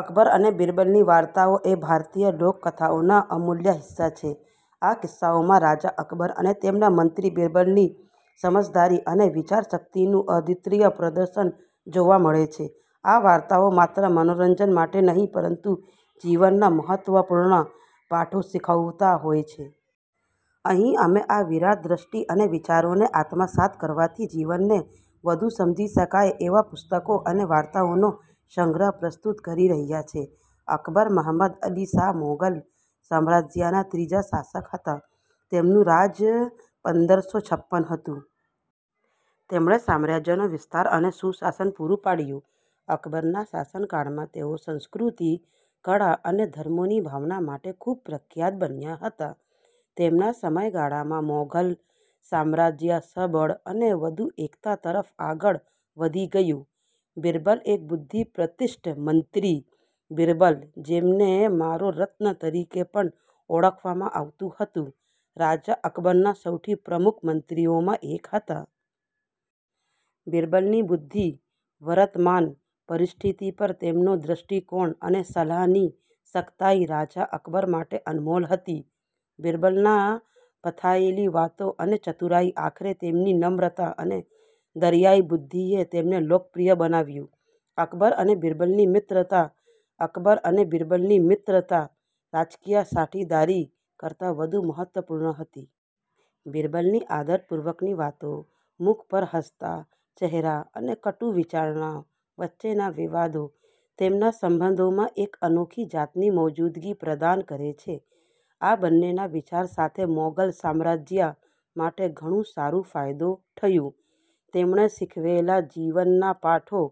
અકબર અને બીરબલની વાર્તાઓ એ ભારતીય લોકકથાઓના અમૂલ્ય હિસ્સા છે. આ કિસ્સાઓમાં રાજા અકબર અને તેમના મંત્રી બીરબલની સમજદારી અને વિચારશક્તિનું અદ્વિતીય પ્રદર્શન જોવા મળે છે. આ વાર્તાઓ માત્ર મનોરંજન માટે નહિ, પરંતુ જીવનના મહત્વપૂર્ણ પાઠો શીખવતા હોય છે. અહીં અમે આ વિરાટ દ્રષ્ટિ અને વિચારોને આત્મસાત કરવાથી જીવનને વધુ સમજી શકાય એવા પુસ્તકો અને વાર્તાઓનો સંગ્રહ પ્રસ્તુત કરી રહ્યા છે. અકબર, મહમદ અલીશાહ મૌધલ, સામ્રાજ્યના ત્રીજા શાસક હતા. તેમનું રાજ પંદર સો છપ્પન હતું। તેમણે સામ્રાજ્યનો વિસ્તાર અને સુશાસન પૂરું પાડ્યું. અકબરના શાસનકાળમાં તેઓ સંસ્કૃતિ, કળા અને ધર્મોની ભાવના માટે ખુબ પ્રખ્યાત બન્યા હતા. તેમના સમયગાળામાં મૌઘલ સામ્રાજ્ય સબળ અને વધુ એકતા તરફ આગળ વધી ગયું. બીરબલ: એક બુદ્ધિપ્રતિષ્ઠ મંત્રી બીરબલ, જેમને મારો રત્ન તરીકે પણ ઓળખવામાં આવતું હતું, રાજા અકબરના સૌથી પ્રમુખ મંત્રીઓમાં એક હતા. બીરબલની બુદ્ધિ, વરતમાન પરિસ્થિતિ પર તેમનો દ્રષ્ટિકોણ અને સલાહની સખતાઈ રાજા અકબર માટે અનમોલ હતી. બીરબલના પઠાયેલી વાતો અને ચતુરાઈ આખરે તેમની નમ્રતા અને દરિયાઈ બુદ્ધિએ તેમને લોકપ્રિય બનાવ્યું. અકબર અને બીરબલની મિત્રતા અકબર અને બીરબલની મિત્રતા રાજકીય સાથીદારી કરતા વધુ મહત્વપૂર્ણ હતી. બીરબલની આદરપૂર્વકની વાતો, મુખ પર હસતા ચહેરા અને કટુ વિચારણા વચ્ચેના વિવાદો તેમના સંબંધોમાં એક અનોખી જાતની મૌજૂદગી પ્રદાન કરે છે. આ બંનેના વિચાર સાથે મૌઘલ સામ્રાજ્ય માટે ઘણું સારું ફાયદો થયું. તેમણે શીખવેલા જીવનના પાઠો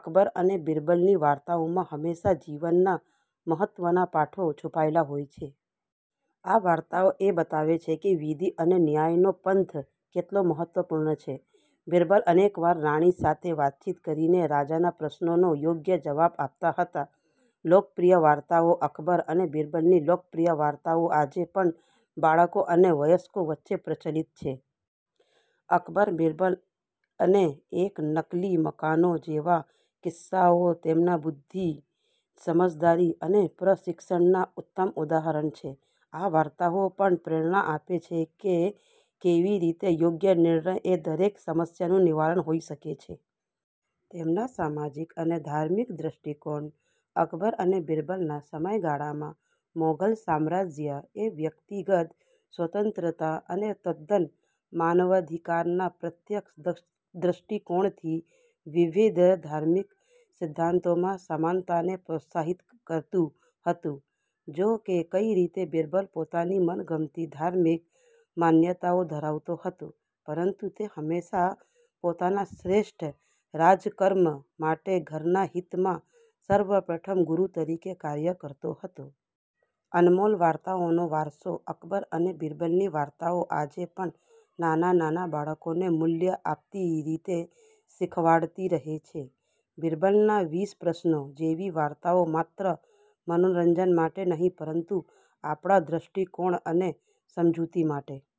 અકબર અને બીરબલની વાર્તાઓમાં હંમેશા જીવનના મહત્વના પાઠો છુપાયેલા હોય છે. આ વાર્તાઓ એ બતાવે છે કે વિધિ અને ન્યાયનો પંથ કેટલો મહત્વપૂર્ણ છે. બીરબલ અનેક વાર રાણી સાથે વાતચીત કરીને રાજાના પ્રશ્નોનો યોગ્ય જવાબ આપતા હતા. લોકપ્રિય વાર્તાઓ અકબર અને બીરબલની લોકપ્રિય વાર્તાઓ આજે પણ બાળકો અને વયસ્કો વચ્ચે પ્રચલિત છે. અકબર-બીરબલ અને એક નકલી મકાનો જેવા કિસ્સાઓ તેમના બુદ્ધિ, સમજદારી અને પ્રશિક્ષણના ઉત્તમ ઉદાહરણ છે. આ વાર્તાઓ પણ પ્રેરણા આપે છે કે કેવી રીતે યોગ્ય નિર્ણય એ દરેક સમસ્યાનું નિવારણ હોઈ શકે છે. તેમના સામાજિક અને ધાર્મિક દૃષ્ટિકોણ અકબર અને બીરબલના સમયગાળામાં, મૌઘલ સામ્રાજ્ય એ વ્યક્તિગત સ્વતંત્રતા અને તદ્દન માનવાધિકારના પ્રત્યક્ષ દ્રષ્ટિકોણથી વિવિધ ધાર્મિક સિદ્ધાંતોમાં સમાનતાને પ્રોત્સાહિત કરતું હતું. જો કે, કઈ રીતે બીરબલ પોતાની મનગમતી ધાર્મિક માન્યતાઓ ધરાવતો હતો, પરંતુ તે હંમેશા પોતાના શ્રેષ્ઠ રાજકર્મ માટે ઘરના હિતમાં સર્વપ્રથમ ગુરુ તરીકે કાર્ય કરતો હતો. અનમોલ વાર્તાઓનો વારસો અકબર અને બીરબલની વાર્તાઓ આજે પણ નાનાં નાનાં બાળકોને મૂલ્ય આપતી રીતે શીખવાડતી રહે છે. "બીરબલના વીસ પ્રશ્નો" જેવી વાર્તાઓ માત્ર મનોરંજન માટે નહિ પરંતુ આપણા દૃષ્ટિકોણ અને સમજૂતી માટે